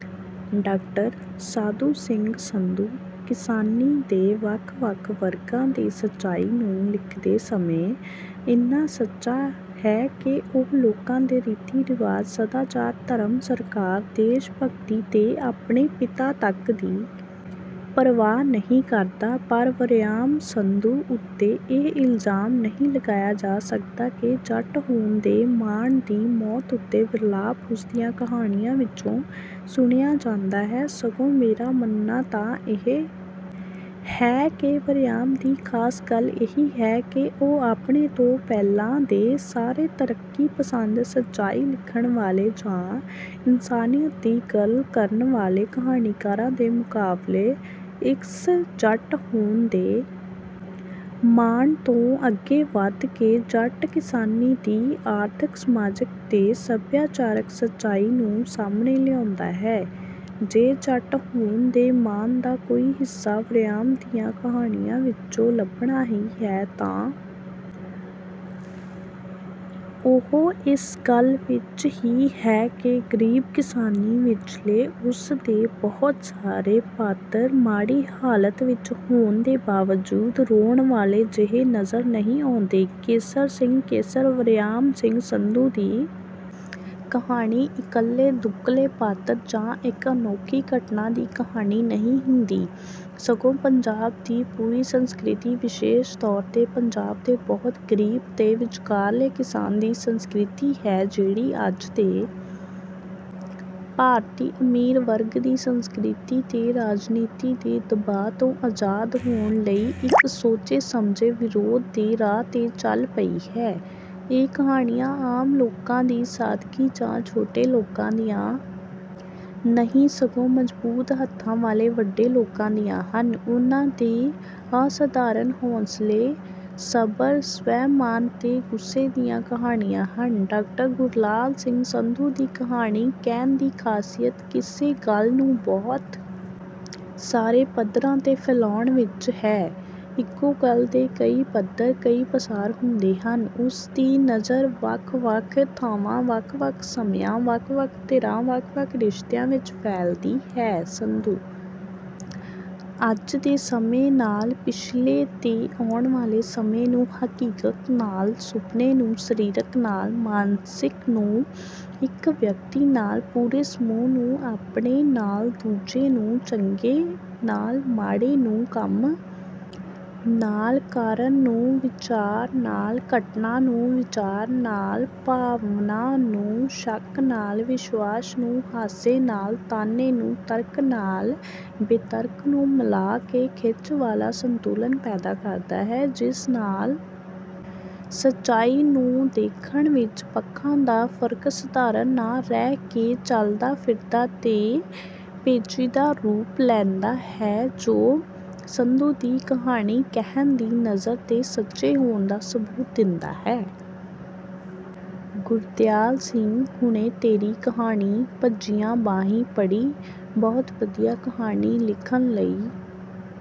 doctor Sadhu Singh Sandhu ਕਿਸਾਨੀ ਦੇ ਵੱਖ ਵੱਖ ਵਰਗਾਂ ਦੀ ਸੱਚਾਈ ਨੂੰ ਲਿਖਦੇ ਸਮੇਂ ਇੰਨਾ ਸੱਚਾ ਹੈ ਕਿ ਉਹ ਲੋਕਾਂ ਦੇ ਰੀਤੀ ਰਿਵਾਜ ਸਦਾਚਾਰ ਧਰਮ ਸਰਕਾਰ ਦੇਸ਼ ਭਗਤੀ ਤੇ ਆਪਣੇ ਪਿਤਾ ਤੱਕ ਦੀ ਪਰਵਾਹ ਨਹੀਂ ਕਰਦਾ ਪਰ ਵਰਿਆਮ ਸੰਧੂ ਉੱਤੇ ਇਹ ਇਲਜ਼ਾਮ ਨਹੀਂ ਲਗਾਇਆ ਜਾ ਸਕਦਾ ਕਿ ਜੱਟ ਹੋਣ ਦੇ ਮਾਣ ਦੀ ਮੌਤ ਉੱਤੇ ਵਿਰਲਾਪ ਉਸਦੀਆਂ ਕਹਾਣੀਆਂ ਵਿਚੋਂ ਸੁਣਿਆ ਜਾਂਦਾ ਹੈ ਸਗੋਂ ਮੇਰਾ ਮੰਨਣਾ ਤਾਂ ਇਹ ਹੈ ਕਿ ਵਰਿਆਮ ਦੀ ਖਾਸ ਗੱਲ ਇਹੀ ਹੈ ਕਿ ਉਹ ਆਪਣੇ ਤੋਂ ਪਹਿਲਾਂ ਦੇ ਸਾਰੇ ਤਰੱਕੀ ਪਸੰਦ ਸੱਚਾਈ ਲਿਖਣ ਵਾਲੇ ਜਾਂ ਇਨਸਾਨੀਅਤ ਦੀ ਗੱਲ ਕਰਨ ਵਾਲੇ ਕਹਾਣੀਕਾਰਾਂ ਦੇ ਮੁਕਾਬਲੇ ਇਸ ਜੱਟ ਹੋਣ ਦੇ ਮਾਣ ਤੋਂ ਅੱਗੇ ਵੱਧ ਕੇ ਜੱਟ ਕਿਸਾਨੀ ਦੀ ਆਰਥਕ ਸਮਾਜਕ ਤੇ ਸਭਿਆਚਾਰਕ ਸੱਚਾਈ ਨੂੰ ਸਾਹਮਣੇ ਲਿਆਉਂਦਾ ਹੈ ਜੇ ਜੱਟ ਹੋਣ ਦੇ ਮਾਣ ਦਾ ਕੋਈ ਹਿੱਸਾ ਵਰਿਆਮ ਦੀਆਂ ਕਹਾਣੀਆਂ ਵਿਚੋਂ ਲੱਭਣਾ ਹੀ ਹੈ ਤਾਂ ਉਹ ਇਸ ਗੱਲ ਵਿਚ ਹੀ ਹੈ ਕਿ ਗਰੀਬ ਕਿਸਾਨੀ ਵਿਚਲੇ ਉਸਦੇ ਬਹੁਤ ਸਾਰੇ ਪਾਤਰ ਮਾੜੀ ਹਾਲਤ ਵਿਚ ਹੋਣ ਦੇ ਬਾਵਜੂਦ ਰੋਣ ਵਾਲੇ ਜਿਹੇ ਨਜ਼ਰ ਨਹੀਂ ਆਉਂਦੇ ਕੇਸਰ ਸਿੰਘ ਕੇਸਰ ਵਰਿਆਮ ਸਿੰਘ ਸੰਧੂ ਦੀ ਕਹਾਣੀ ਇਕੱਲੇ ਦੁਕੱਲੇ ਪਾਤਰ ਜਾਂ ਇਕ ਅਨੋਖੀ ਘਟਨਾ ਦੀ ਕਹਾਣੀ ਨਹੀਂ ਹੁੰਦੀ ਸਗੋਂ ਪੰਜਾਬ ਦੀ ਪੂਰੀ ਸੰਸਕ੍ਰਿਤੀ ਵਿਸ਼ੇਸ਼ ਤੌਰ ਤੇ ਪੰਜਾਬ ਦੇ ਬਹੁਤ ਗਰੀਬ ਤੇ ਵਿਚਕਾਰਲੇ ਕਿਸਾਨ ਦੀ ਸੰਸਕ੍ਰਿਤੀ ਹੈ ਜਿਹੜੀ ਅੱਜ ਦੇ ਭਾਰਤੀ ਅਮੀਰ ਵਰਗ ਦੀ ਸੰਸਕ੍ਰਿਤੀ ਤੇ ਰਾਜਨੀਤੀ ਦੇ ਦਬਾਅ ਤੋਂ ਆਜ਼ਾਦ ਹੋਣ ਲਈ ਇਕ ਸੋਚੇ ਸਮਝੇ ਵਿਰੋਧ ਦੇ ਰਾਹ ਤੇ ਚੱਲ ਪਈ ਹੈ ਇਹ ਕਹਾਣੀਆਂ ਆਮ ਲੋਕਾਂ ਦੀ ਸਾਦਗੀ ਜਾਂ ਛੋਟੇ ਲੋਕਾਂ ਦੀਆਂ ਨਹੀਂ ਸਗੋਂ ਮਜ਼ਬੂਤ ਹੱਥਾਂ ਵਾਲੇ ਵੱਡੇ ਲੋਕਾਂ ਦੀਆਂ ਹਨ ਉਨ੍ਹਾਂ ਦੇ ਅਸਾਧਾਰਣ ਹੌਸਲੇ ਸਬਰ ਸਵੈਮਾਨ ਤੇ ਗੁੱਸੇ ਦੀਆਂ ਕਹਾਣੀਆਂ ਹਨ ਡਾਕਟਰ ਗੁਰਲਾਲ ਸਿੰਘ ਸੰਧੂ ਦੀ ਕਹਾਣੀ ਕਹਿਣ ਦੀ ਖਾਸੀਅਤ ਕਿਸੇ ਗੱਲ ਨੂੰ ਬਹੁਤ ਸਾਰੇ ਪੱਧਰਾਂ ਤੇ ਫੈਲਾਉਣ ਵਿਚ ਹੈ ਇਕੋ ਗੱਲ ਦੇ ਕਈ ਪੱਧਰ ਕਈ ਪਸਾਰ ਹੁੰਦੇ ਹਨ ਉਸਦੀ ਨਜ਼ਰ ਵੱਖ ਵੱਖ ਥਾਵਾਂ ਵੱਖ ਵੱਖ ਸਮਿਆਂ ਵੱਖ ਵੱਖ ਧਿਰਾਂ ਵੱਖ ਵੱਖ ਰਿਸ਼ਤਿਆਂ ਵਿਚ ਫੈਲਦੀ ਹੈ ਸੰਧੂ ਅੱਜ ਦੇ ਸਮੇਂ ਨਾਲ ਪਿਛਲੇ ਤੇ ਆਉਣ ਵਾਲੇ ਸਮੇਂ ਨੂੰ ਹਕੀਕਤ ਨਾਲ ਸੁਪਨੇ ਨੂੰ ਸਰੀਰਕ ਨਾਲ ਮਾਨਸਿਕ ਨੂੰ ਇਕ ਵਿਅਕਤੀ ਨਾਲ ਪੂਰੇ ਸਮੂਹ ਨੂੰ ਆਪਣੇ ਨਾਲ ਦੂਜੇ ਨੂੰ ਚੰਗੇ ਨਾਲ ਮਾੜੇ ਨੂੰ ਕੰਮ ਨਾਲ ਕਾਰਨ ਨੂੰ ਵਿਚਾਰ ਨਾਲ ਘਟਨਾ ਨੂੰ ਵਿਚਾਰ ਨਾਲ ਭਾਵਨਾ ਨੂੰ ਸ਼ੱਕ ਨਾਲ ਵਿਸ਼ਵਾਸ ਨੂੰ ਹਾਸੇ ਨਾਲ ਤਾਨੇ ਨੂੰ ਤਰਕ ਨਾਲ ਬੇਤਰਕ ਨੂੰ ਮਿਲਾ ਕੇ ਖਿੱਚ ਵਾਲਾ ਸੰਤੁਲਨ ਪੈਦਾ ਕਰਦਾ ਹੈ ਜਿਸ ਨਾਲ ਸੱਚਾਈ ਨੂੰ ਦੇਖਣ ਵਿਚ ਪੱਖਾਂ ਦਾ ਫਰਕ ਸਧਾਰਨ ਨਾ ਰਹਿ ਕੇ ਚਲਦਾ ਫਿਰਦਾ ਤੇ ਪੇਚੀਦਾ ਰੂਪ ਲੈ ਲੈਂਦਾ ਹੈ ਜੋ ਸੰਧੂ ਦੀ ਕਹਾਣੀ ਕਹਿਣ ਦੀ ਨਜ਼ਰ ਦੇ ਸੱਚੇ ਹੋਣ ਦਾ ਸਬੂਤ ਦਿੰਦਾ ਹੈ ਗੁਰਦਿਆਲ ਸਿੰਘ ਹੁਣੇ ਤੇਰੀ ਕਹਾਣੀ ਭੱਜੀਆਂ ਬਾਹੀਂ ਪੜ੍ਹੀ ਬਹੁਤ ਵਧੀਆ ਕਹਾਣੀ ਲਿਖਣ ਲਈ